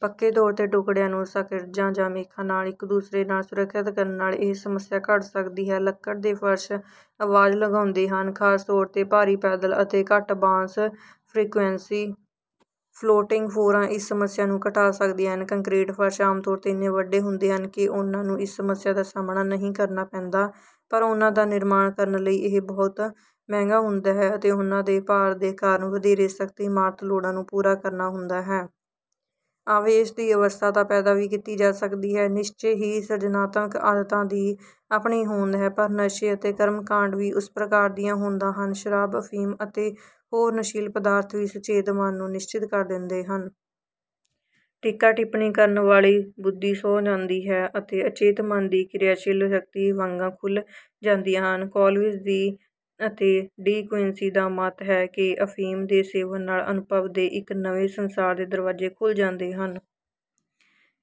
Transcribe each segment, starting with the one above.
ਪੱਕੇ ਤੌਰ ਤੇ ਟੁਕੜਿਆਂ ਨੂੰ ਸਕ੍ਰਿਜਾਂ ਜਾਂ ਮੇਖਾਂ ਨਾਲ ਇੱਕ ਦੂਸਰੇ ਨਾਲ ਸੁਰੱਖਿਅਤ ਕਰਨ ਨਾਲ ਇਹ ਸਮੱਸਿਆ ਘਟ ਸਕਦੀ ਹੈ। ਲੱਕੜ ਦੇ ਫ਼ਰਸ਼ ਆਵਾਜ਼ ਲੰਘਾਉਂਦੇ ਹਨ ਖਾਸ ਤੌਰ ਤੇ ਭਾਰੀ ਪੈਦਲ ਅਤੇ ਘੱਟ ਬਾਂਸ ਫ੍ਰੀਕੁਐਂਸੀ। ਫਲੋਟਿੰਗ ਫੋਰਾਂ ਇਸ ਸਮੱਸਿਆ ਨੂੰ ਘਟਾ ਸਕਦੀਆਂ ਹਨ। ਕੰਕਰੀਟ ਫਰਸ਼ ਆਮ ਤੌਰ ਤੇ ਇੰਨੇ ਵੱਡੇ ਹੁੰਦੇ ਹਨ ਕਿ ਉਹਨਾਂ ਨੂੰ ਇਸ ਸਮੱਸਿਆ ਦਾ ਸਾਹਮਣਾ ਨਹੀਂ ਕਰਨਾ ਪੈਂਦਾ ਪਰ ਉਹਨਾਂ ਦਾ ਨਿਰਮਾਣ ਕਰਨ ਲਈ ਇਹ ਬਹੁਤ ਮਹਿੰਗਾ ਹੁੰਦਾ ਹੈ ਅਤੇ ਉਹਨਾਂ ਦੇ ਭਾਰ ਦੇ ਕਾਰਨ ਵਧੇਰੇ ਸਖ਼ਤ ਇਮਾਰਤ ਲੋੜਾਂ ਨੂੰ ਪੂਰਾ ਕਰਨਾ ਹੁੰਦਾ ਹੈ। ਆਵੇਸ਼ ਦੀ ਅਵਸਥਾ ਤਾਂ ਪੈਦਾ ਵੀ ਕੀਤੀ ਜਾ ਸਕਦੀ ਹੈ। ਨਿਸ਼ਚੇ ਹੀ ਸਿਰਜਨਾਤਮਕ ਆਦਤਾਂ ਦੀ ਆਪਣੀ ਹੋਂਦ ਹੈ ਪਰ ਨਸ਼ੇ ਅਤੇ ਕਰਮ ਕਾਂਡ ਵੀ ਉਸ ਪ੍ਰਕਾਰ ਦੀਆਂ ਹੋਦਾਂ ਹਨ। ਸ਼ਰਾਬ ਅਫੀਮ ਅਤੇ ਹੋਰ ਨਸ਼ੀਲ ਪਦਾਰਥ ਵੀ ਸੁਚੇਤ ਮਨ ਨੂੰ ਨਿਸ਼ਚਿਤ ਕਰ ਦਿੰਦੇ ਹਨ। ਟੀਕਾ ਟਿੱਪਣੀ ਕਰਨ ਵਾਲੀ ਬੁੱਧੀ ਸੌਂ ਜਾਂਦੀ ਹੈ ਅਤੇ ਅਚੇਤ ਮਨ ਦੀ ਕਿਰਿਆਸ਼ੀਲ ਸ਼ਕਤੀ ਵਾਗਾਂ ਖੁੱਲ੍ਹ ਜਾਂਦੀਆਂ ਹਨ। ਕੋਲਵਿਜ ਦੀ ਅਤੇ ਡੀ ਕੁਇੰਸੀ ਦਾ ਮਤ ਹੈ ਕਿ ਅਫੀਮ ਦੇ ਸੇਵਨ ਨਾਲ ਅਨੁਭਵ ਦੇ ਇੱਕ ਨਵੇਂ ਸੰਸਾਰ ਦੇ ਦਰਵਾਜੇ ਖੁੱਲ੍ਹ ਜਾਂਦੇ ਹਨ।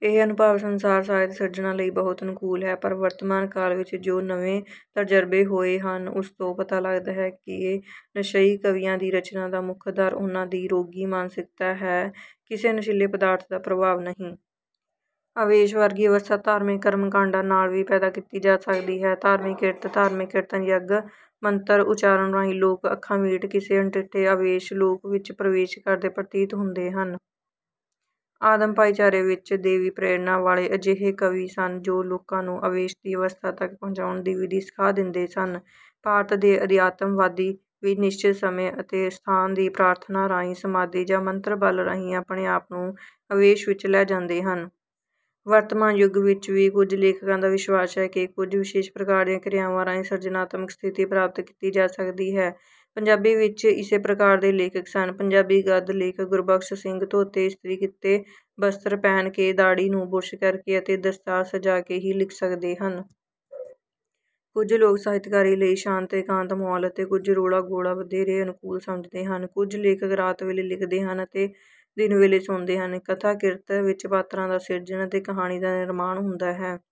ਇਹ ਅਨੁਭਵ ਸੰਸਾਰ ਸਾਹਿਤ ਸਿਰਜਣਾ ਲਈ ਬਹੁਤ ਅਨੁਕੂਲ ਹੈ। ਪਰ ਵਰਤਮਾਨ ਕਾਲ ਵਿੱਚ ਜੋ ਨਵੇਂ ਤਰਜਰਬੇ ਹੋਏ ਹਨ ਉਸ ਤੋਂ ਪਤਾ ਲੱਗਦਾ ਹੈ ਕਿ ਨਸ਼ਈ ਕਵੀਆਂ ਦੀ ਰਚਨਾ ਦਾ ਮੁੱਖ ਆਧਾਰ ਉਹਨਾਂ ਦੀ ਰੋਗੀ ਮਾਨਸਿਕਤਾ ਹੈ ਕਿਸੇ ਨਸ਼ੀਲੇ ਪਦਾਰਥ ਦਾ ਪ੍ਰਭਾਵ ਨਹੀਂ। ਆਵੇਸ਼ ਵਰਗੀ ਅਵਸਥਾ ਧਾਰਮਿਕ ਕਰਮ ਕਾਡਾਂ ਨਾਲ ਵੀ ਪੈਦਾ ਕੀਤੀ ਜਾ ਸਕਦੀ ਹੈ। ਧਾਰਮਿਕ ਕਿਰਤ ਧਾਰਮਿਕ ਕੀਰਤਨ ਯੱਗ ਮੰਤਰ ਉਚਾਰਨ ਰਾਹੀਂ ਲੋਕ ਅੱਖਾਂ ਮੀਟ ਕਿਸੇ ਅਣਡਿੱਠੇ ਆਵੇਸ਼ ਲੋਕ ਵਿੱਚ ਪ੍ਰਵੇਸ਼ ਕਰਦੇ ਪ੍ਰਤੀਤ ਹੁੰਦੇ ਹਨ। ਆਦਮ ਭਾਈਚਾਰੇ ਵਿੱਚ ਦੇਵੀ ਪ੍ਰੇਰਣਾ ਵਾਲੇ ਅਜਿਹੇ ਕਵੀ ਸਨ ਜੋ ਲੋਕਾਂ ਨੂੰ ਆਵੇਸ਼ ਦੀ ਅਵਸਥਾ ਤੱਕ ਪਹੁੰਚਾਣ ਦੀ ਵਿਧੀ ਸਿਖਾ ਦਿੰਦੇ ਸਨ। ਭਾਰਤ ਦੇ ਅਧਿਆਤਮ ਵਾਦੀ ਵੀ ਨਿਸ਼ਚਿਤ ਸਮੇਂ ਅਤੇ ਸਥਾਨ ਦੀ ਪ੍ਰਾਰਥਨਾ ਰਾਹੀਂ ਸਮਾਧੀ ਜਾਂ ਮੰਤਰ ਬਲ ਰਾਹੀਂ ਆਪਣੇ ਆਪ ਨੂੰ ਆਵੇਸ਼ ਵਿੱਚ ਲੈ ਜਾਂਦੇ ਹਨ। ਵਰਤਮਾਨ ਯੁਗ ਵਿੱਚ ਵੀ ਕੁੱਝ ਲੇਖਕਾਂ ਦਾ ਵਿਸ਼ਵਾਸ ਹੈ ਕਿ ਕੁੱਝ ਵਿਸ਼ੇਸ਼ ਪ੍ਰਕਾਰ ਦੀਆਂ ਕਿਰਿਆਵਾਂ ਰਾਹੀਂ ਸਿਰਜਨਾਤਮਕ ਸਥਿਤੀ ਪ੍ਰਾਪਤ ਕੀਤੀ ਜਾ ਸਕਦੀ ਹੈ। ਪੰਜਾਬੀ ਵਿੱਚ ਇਸੇ ਪ੍ਰਕਾਰ ਦੇ ਲੇਖਕ ਸਨ। ਪੰਜਾਬੀ ਗਦ ਲੇਖਕ ਗੁਰਬਖਸ਼ ਸਿੰਘ ਧੋਤੇ ਇਸਤਰੀ ਕੀਤੇ ਬਸਤਰ ਪਹਿਨ ਕੇ ਦਾੜ੍ਹੀ ਨੂੰ ਬੁਰਸ਼ ਕਰਕੇ ਅਤੇ ਦਸਤਾਰ ਸਜਾ ਕੇ ਹੀ ਲਿਖ ਸਕਦੇ ਹਨ। ਕੁੱਝ ਲੋਕ ਸਾਹਿਤਕਾਰੀ ਲਈ ਸ਼ਾਂਤ ਏਕਾਂਤ ਮਾਹੌਲ ਅਤੇ ਕੁੱਝ ਰੌਲਾ ਗੌਲਾ ਵਧੇਰੇ ਅਨੁਕੂਲ ਸਮਝਦੇ ਹਨ। ਕੁੱਝ ਲੇਖਕ ਰਾਤ ਵੇਲੇ ਲਿਖਦੇ ਹਨ ਅਤੇ ਦਿਨ ਵੇਲੇ ਸੌਂਦੇ ਹਨ। ਕਥਾ ਕਿਰਤ ਵਿੱਚ ਪਾਤਰਾਂ ਦਾ ਸਿਰਜਣ ਅਤੇ ਕਹਾਣੀ ਦਾ ਨਿਰਮਾਣ ਹੁੰਦਾ ਹੈ।